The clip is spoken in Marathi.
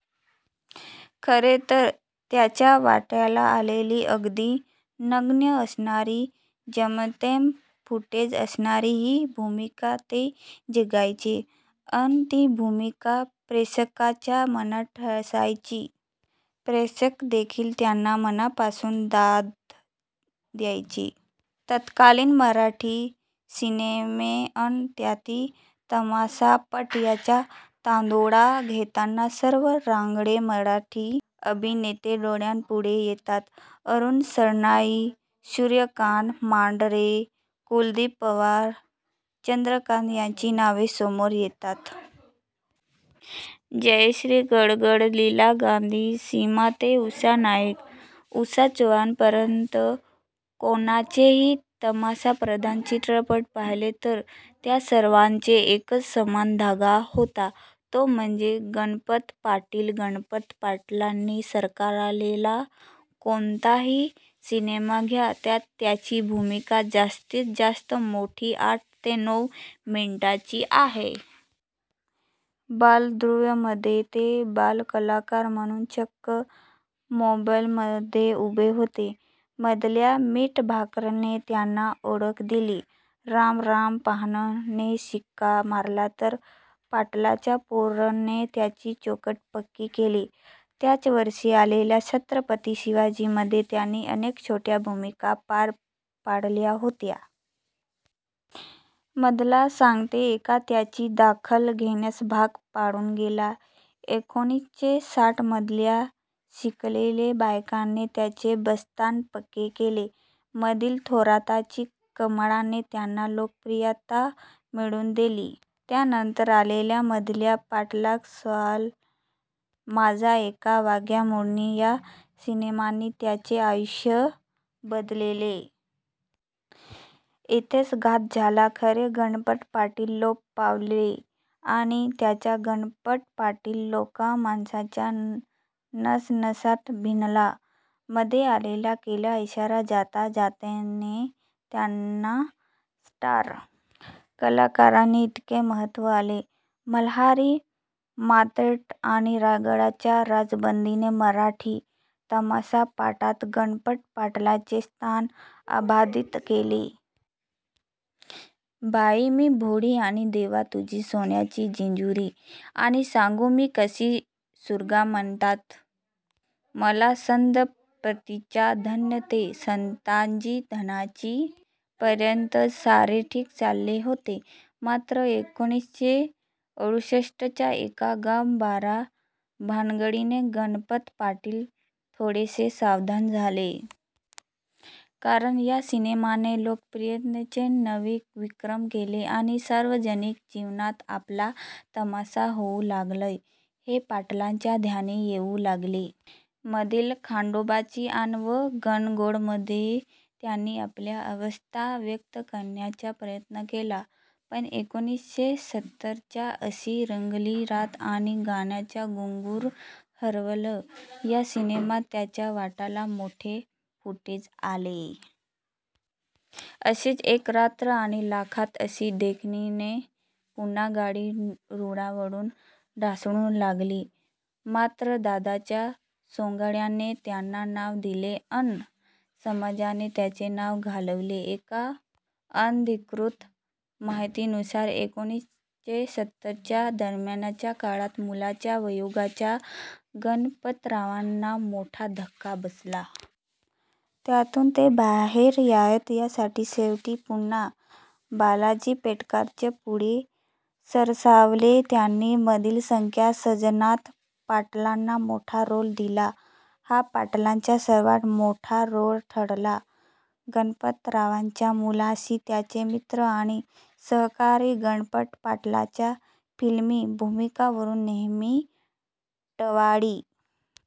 खरे तर त्यांच्या वाट्याला आलेली अगदी नगण्य असणारी जेमतेम फुटेज असणारी ही भूमिका ते जगायचे अन ती भूमिका प्रेक्षकाच्या मनात ठसायची. प्रेक्षकदेखील त्यांना मनापासून दाद द्यायचे. तत्कालीन मराठी सिनेमे अन त्यातही तमाशापट यांचा धांडोळा घेताना सर्व रांगडे मराठी अभिनेते डोळ्यापुढे येतात, अरुण सरनाईक, सूर्यकांत मांढरे, कुलदीप पवार, चंद्रकांत यांची नावे समोर येतात. जयश्री गडगड, लीला गांधी, सीमा ते उषा नाईक, उषा चव्हाणपर्यंत कोणाचेही तमाशाप्रधान चित्रपट पाहिले तर त्या सर्वांचा एकच समान धागा होता तो म्हणजे गणपत पाटील! गणपत पाटलांनी सारकारलेला कोणताही सिनेमा घ्या, त्यात त्यांची भूमिका जास्तीत जास्त मोठी आठ ते नऊ मिनिटांची आहे. बालध्रुवमध्ये ते बालकलाकार म्हणून चक्क मॉबमध्ये उभे होते. मधल्या मीठभाकरने त्यांना ओळख दिली. राम राम पाव्हणं ने शिक्का मारला तर पाटलाचा पोरने त्यांची चौकट पक्की केली. त्याच वर्षी आलेल्या छत्रपती शिवाजीमध्ये त्यांनी अनेक छोट्या भूमिका पार पाडल्या होत्या. मधला सांगत्ये ऐका त्यांची दखल घेण्यास भाग पाडून गेला. एकोणीसशे साठमधल्या शिकलेली बायकोने त्यांचे बस्तान पक्के केले. मधील थोरातांची कमळाने त्यांना लोकप्रियता मिळवून दिली. त्यानंतर आलेल्या मधल्या पाठलाग, सवाल माझा ऐका, वाघ्या मुरळी या सिनेमांनी त्यांचे आयुष्य बदलेले. इथेच घात झाला. खरे गणपत पाटील लोप पावले आणि नाच्या गणपत पाटील लोकमानसाच्या नसनसात भिनला. मध्ये आलेल्या केला इशारा जाता जाताने त्यांना स्टार कलाकारांइतके महत्त्व आले. मल्हारी मार्तंड आणि रायगडचा राजबंदीने मराठी तमाशापटात गणपत पाटलांचे स्थान अबाधित केले. बाई मी भोळी आणि देवा तुझी सोन्याची जेजुरी आणि सांगू मी कशी, सुरंगा म्हणत्यात मला, छंद प्रीतिचा, धन्य ते संताजी धनाजी पर्यंत सारे ठीक चालले होते. मात्र एकोणीसशे अडुसष्टच्या एक गाव बारा भानगडीने गणपत पाटील थोडेसे सावध झाले. कारण या सिनेमाने लोकप्रियतेचे नवे विक्रम केले आणि सार्वजनिक जीवनात आपला तमाशा होऊ लागलाय हे पाटलांच्या ध्यानी येऊ लागले. मधील खंडोबाची आण व गणगौळणमध्ये त्यांनी आपली अस्वस्थता व्यक्त करण्याचा प्रयत्न केला पण एकोणीसशे सत्तरच्या अशी रंगली रात आणि गणानं घुंगरू हरवलं या सिनेमात त्यांच्या वाट्याला मोठे फुटेज आले. अशीच एक रात्र आणि लाखात अशी देखणीने पुन्हा गाडी रुळावरून ढासळू लागली. मात्र दादांच्या सोंगाड्याने त्यांना नाव दिले अन समाजाने त्यांचे नाव घालवले. एका अनधिकृत माहितीनुसार एकोणीसशे सत्तरच्या दरम्यानच्या काळात मुलाच्या वियोगाचा गणपतरावांना मोठा धक्का बसला. त्यातून ते बाहेर यावेत यासाठी शेवटी पुन्हा भालजी पेंढारकरच पुढे सरसावले. त्यांनी मधील सख्या सजनात पाटलांना मोठा रोल दिला. हा पाटलांचा सर्वात मोठा रोल ठरला. गणपतरावांच्या मुलाची, त्याचे मित्र आणि सहकारी गणपत पाटलांच्या फिल्मी भूमिकांवरून नेहमी टवाळी